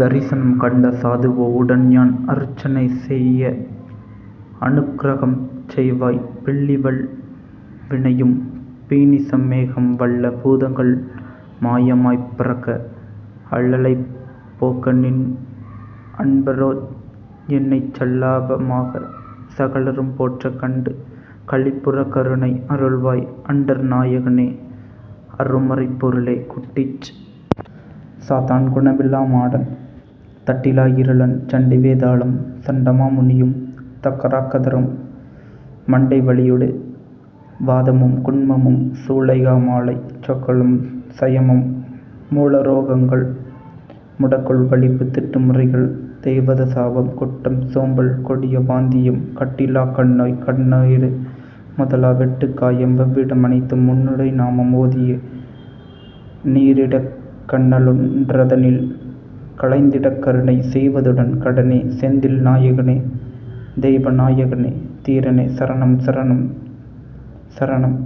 தரிசனம் கண்ட சாதுவோ உடன்யான் அருச்சனை செய்ய அனுக்ரகம் செய்வாய் பில்லிவல் வினையும் பீனிச மேகம் வல்ல பூதங்கள் மாயமாய்ப் பிறக்க அல்லலைப் போக்கிநின் அன்பரொ என்னைச் சல்லாப மாகச் சகலரும் போற்ற கண்டு களிப்புறக் கருணை அருள்வாய் அண்டர் நாயகனே அருமறைப் பொருளே குட்டிச் சாத்தான் குணமிலா மாடன் தட்டிலா இருளன் சண்டிவே தாளம் சண்டமா முனியும் தக்கராக் கதரும் மண்டை வலியொடு வாதமும் குன்மமும் சூலைகா மாலை சொக்கலும் சயமும் மூலரோ கங்கள் முடக்குள் வலிப்பு திட்டு முறைகள் தெய்வத சாபம் குட்டம் சோம்பல் கொடிய வாந்தியும் கட்டிலாக் கண்ணோய் கண்ணேறு முதலா வெட்டுக் காயம் வெவ்விடம் அனைத்தும் உன்னுடை நாமம் ஓதியே நீறிடக் கன்னலொன் றதனில் களைந்திடக் கருணை செய்வதுடன் கடனே செந்தில் நாயகனே தெய்வநா யகனே தீரனே சரணம் சரணம் சரணம்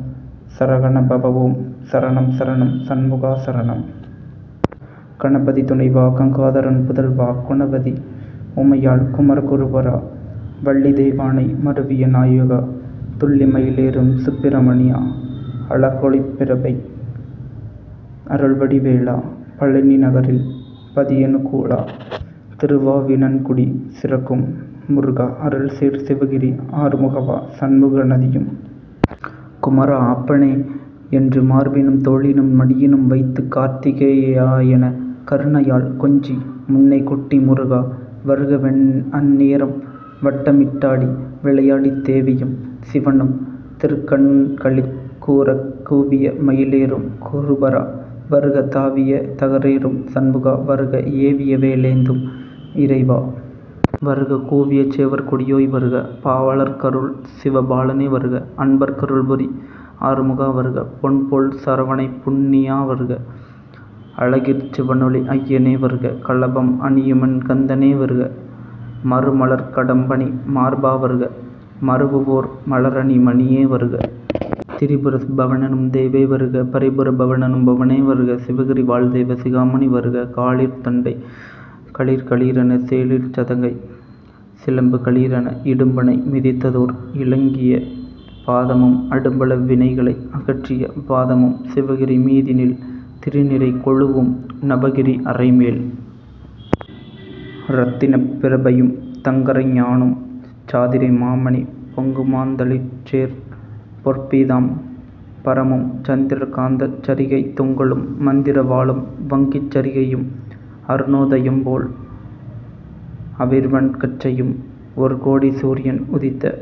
சரஹண பவஓம் சரணம் சரணம் சண்முகா சரணம்! கணபதி துணைவா கங்காதரன் புதல்வா குணவதி உமையாள் குமர குருபரா வள்ளிதெய் வானை மருவிய நாயகா துள்ளிமயி லேறும் சுப்பிர மணியா அழகொளிப் பிரபை அருள்வடி வேலா பழநி நகரில் பதியனு கூலா திருவா வினன்குடி சிறக்கும் முருகா அருள்சேர் சிவகிரி ஆறு முகவா சண்முகநதியும் குமரா! அப்பனே! என்று மார்பினும் தோளினும் மடியினும் வைத்துக் கார்த்திகே யாஎனக் கருணையால் கொஞ்சி முன்னே கொட்டி முருகா! வருகவென் அந்நேரம் வட்டமிட்டாடி விளையாடித் தேவியும் சிவனும் திருக்கண் களிகூரக் கூவிய மயிலேறும் குருபரா வருக தாவிய தகரேறும் சண்முகா வருக ஏவியவே லேந்தும் இறைவா வருக கூவிய சேவற் கொடியோய் வருக பாவலர்க் கருள்சிவ பாலனே வருக அன்பர்க் கருள்புரி ஆறுமுகா வருக பொன்போல் சரவணைப் புண்ணியா வருக அழகிற் சிவனொளி அய்யனே வருக கலபம் அணியுமென் கந்தனே வருக மருமலர்க் கடம்பணி மார்பா வருக மருவுவோர் மலரணி மணியே வருக திரிபுர பவனெனும் தேவே வருக பரிபுர பவனெனும் பவனே வருக சிவகிரி வாழ்தெய்வ சிகாமணி வருக காலிற் தண்டை கலீர் கலீரென சேலிற்சதங்கை சிலம்பு கலீரென இடும்பனை மிதித்ததோர் இலங்கிய பாதமும் அடும்பல வினைகளை அகற்றிய பாதமும் சிவகிரி மீதினில் திருநிறை கொலுவும் நவகிரி அரைமேல் இரத்தினப் பிரபையும் தங்கரை ஞாணும் சாதிரை மாமணி பொங்குமாந் தளிர்சேர் பொற்பீதாம் பரமும் சந்திர காந்தச் சரிகைத் தொங்கலும் மந்திரவாளும் வங்கிச் சரிகையும் அருணோ தயம்போல் அவிர்வன் கச்சையும் ஒருகோடி சூரியன் உதித்த